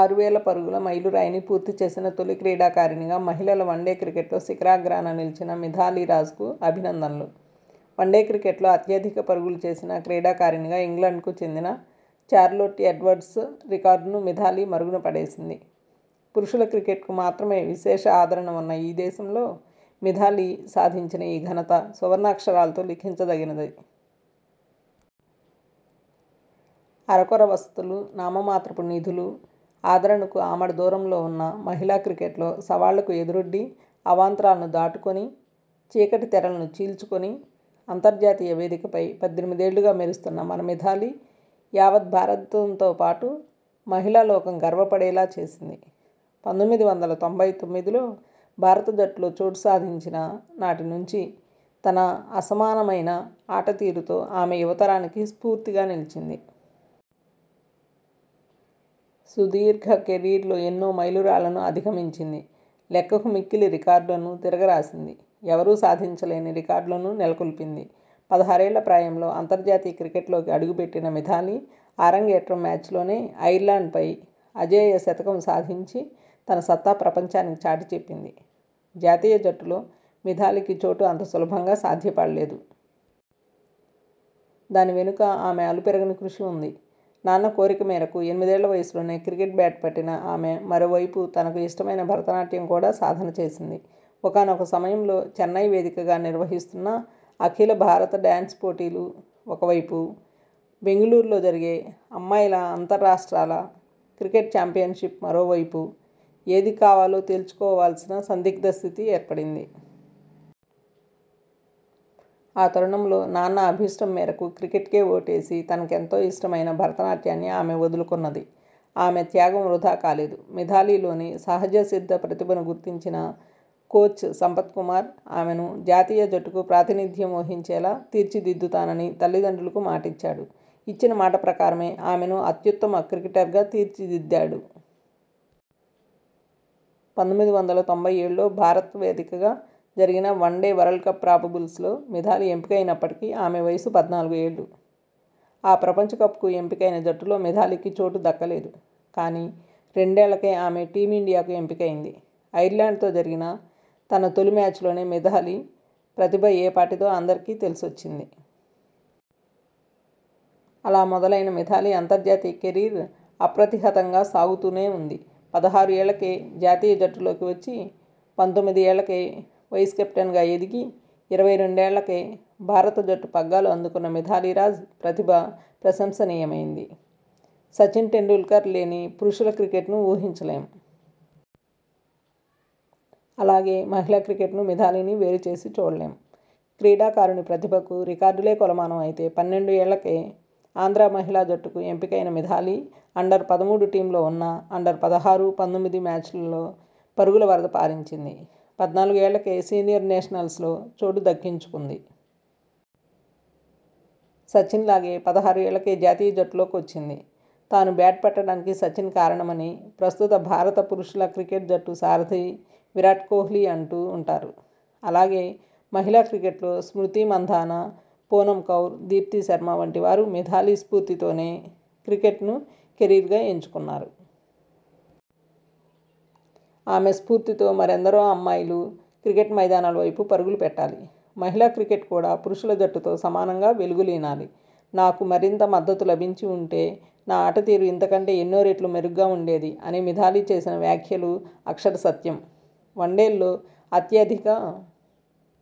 ఆరు వేల పరుగుల మైలురాయిని పూర్తి చేసిన తొలి క్రీడాకారిణిగా మహిళల వన్డే క్రికెట్లో శిఖరాగ్రాన నిలిచిన మిథాలీ రాజ్కు అభినందనలు. వన్డే క్రికెట్లో అత్యధిక పరుగులు చేసిన క్రీడాకారణిగా ఇంగ్లండ్కు చెందిన చార్లొట్ ఎడ్వర్డ్స్ రికార్డును మిథాలీ మరుగున పడేసింది. పురుషుల క్రికెట్కు మాత్రమే విశేష ఆదరణ ఉన్న ఈ దేశంలో మిథాలీ సాధించిన ఈ ఘనత సువర్ణాక్షరాలతో లిఖించదగినది. అరకొర వసతులు, నామమాత్రపు నిధులు, ఆదరణకు ఆమడ దూరంలో ఉన్న మహిళా క్రికెట్లో సవాళ్లకు ఎదురొడ్డి, అవాంతరాలను దాటుకొని, చీకటి తెరలను చీల్చుకొని అంతర్జాతీయ వేదికపై పద్దెనిమిదేళ్లుగా మెరుస్తున్న మన మిథాలీ యావత్ భారతంతోపాటు మహిళాలోకం గర్వపడేలా చేసింది. పంతొమ్మిది వందల తొంభై తొమ్మిదిలో భారత జట్టులో చోటు సాధించిన నాటినుంచి తన అసమానమైన ఆటతీరుతో ఆమె యువతరానికి స్ఫూర్తిగా నిలిచింది. సుదీర్ఘ కెరీర్లో ఎన్నో మైలురాళ్లను అధిగమించింది. లెక్కకు మిక్కిలి రికార్డులను తిరగరాసింది. ఎవరూ సాధించలేని రికార్డులను నెలకొల్పింది. పదహారేళ్ల ప్రాయంలో అంతర్జాతీయ క్రికెట్లోకి అడుగుపెట్టిన మిథాలీ అరంగేట్రం మ్యాచ్లోనే ఐర్లాండ్పై అజేయ శతకం సాధించి తన సత్తా ప్రపంచానికి చాటిచెప్పింది. జాతీయ జట్టులో మిథాలీకి చోటు అంత సులభంగా సాధ్యపడలేదు. దానివెనుక ఆమె అలుపెరుగని కృషి ఉంది. నాన్న కోరిక మేరకు ఎనిమిదేళ్ల వయసులోనే క్రికెట్ బ్యాట్ పట్టిన ఆమె మరోవైపు తనకు ఇష్టమైన భరత నాట్యం కూడా సాధన చేసింది. ఒకానొక సమయంలో చెన్నై వేదికగా నిర్వహిస్తున్న అఖిల భారత డ్యాన్స్ పోటీలు ఒకవైపు బెంగళూరులో జరిగే అమ్మాయిల అంతర్రాస్ట్రాల క్రికెట్ చాంపియన్షిప్ మరోవైపు ఏది కావాలో తేల్చుకోవాల్సిన సందిగ్ధ స్థితి ఏర్పడింది. ఆ తరుణంలో నాన్న అభీష్టం మేరకు క్రికెట్కే ఓటేసి, తనకెంతో ఇష్టమైన భరతనాట్యాన్ని ఆమె వదులుకున్నది. ఆమె త్యాగం వృథా కాలేదు. మిథాలీలోని సహజసిద్ధ ప్రతిభను గుర్తించిన కోచ్ సంపత్ కుమార్ ఆమెను జాతీయ జట్టుకు ప్రాతినిధ్యం వహించేలా తీర్చిదిద్దుతానని తల్లిదండ్రులకు మాటిచ్చాడు. ఇచ్చిన మాటప్రకారమే ఆమెను అత్యుత్తమ క్రికెటర్గా తీర్చిదిద్దాడు. పంతొమ్మిది వందల తొంభై ఏడులో భారత వేదికగా జరిగిన వన్డే వరల్డ్కప్ ప్రాబబుల్స్లో మిథాలీ ఎంపికైనప్పటికి ఆమె వయసు పద్నాలుగు ఏళ్లు. ఆ ప్రపంచకప్కు ఎంపికైన జట్టులో మిథాలీకి చోటు దక్కలేదు. కానీ రెండేళ్లకే ఆమె టీమిండియాకు ఎంపికైంది. ఐర్లాండ్తో జరిగిన తన తొలి మ్యాచ్లోనే మిథాలీ ప్రతిభ ఏపాటిదో అందరికీ తెలిసొచ్చింది. అలా మొదలైన మిథాలీ అంతర్జాతీయ కెరీర్ అప్రతిహతంగా సాగుతూనే ఉంది. పదహారు ఏళ్లకే జాతీయ జట్టులోకి వచ్చి, పంతొమ్మిది ఏళ్లకే వైస్ కెప్టెన్గా ఎదిగి ఇరవై రెండు ఏళ్లకే భారత జట్టు పగ్గాలు అందుకున్న మిథాలీ రాజ్ ప్రతిభ ప్రశంసనీయమైనది. సచిన్ టెండూల్కర్ లేని పురుషుల క్రికెట్ను ఊహించలేం. అలాగే మహిళా క్రికెట్నూ మిథాలీనీ వేరు చేసి చూడలేం. క్రీడాకారుని ప్రతిభకు రికార్డులే కొలమానం అయితే పన్నెండు ఏళ్లకే ఆంధ్రా మహిళా జట్టుకు ఎంపికైన మిథాలీ అండర్ పదమూడు టీమ్లో ఉన్నా అండర్ పదహారు, పంతొమ్మిది మ్యాచ్ల్లో పరుగుల వరద పారించింది. పద్నాలుగు ఏళ్లకే సీనియర్ నేషనల్స్లో చోటు దక్కించుకుంది. సచిన్లాగే పదహారు ఏళ్లకే జాతీయ జట్టులోకొచ్చింది. తాను బ్యాట్ పట్టడానికి సచిన్ కారణమని ప్రస్తుత భారత పురుషుల క్రికెట్ జట్టు సారథి విరాట్ కోహ్లీ అంటూ ఉంటారు. అలాగే మహిళా క్రికెట్లో స్మృతి మంధాన, పూనమ్ కౌర్, దీప్తి శర్మ వంటి వారు మిథాలీ స్ఫూర్తితోనే క్రికెట్ను కెరీర్గా ఎంచుకున్నారు. ఆమె స్ఫూర్తితో మరెందరో అమ్మాయిలు క్రికెట్ మైదానాలవైపు పరుగులు పెట్టాలి. మహిళా క్రికెట్ కూడా పురుషుల జట్టుతో సమానంగా వెలుగులీనాలి. 'నాకు మరింత మద్దతు లభించి వుంటే నా ఆటతీరు ఇంతకంటే ఎన్నో రెట్లు మెరుగ్గా ఉండేది' అని మిథాలీ చేసిన వ్యాఖ్యలు అక్షర సత్యం. వన్డేల్లో అత్యధిక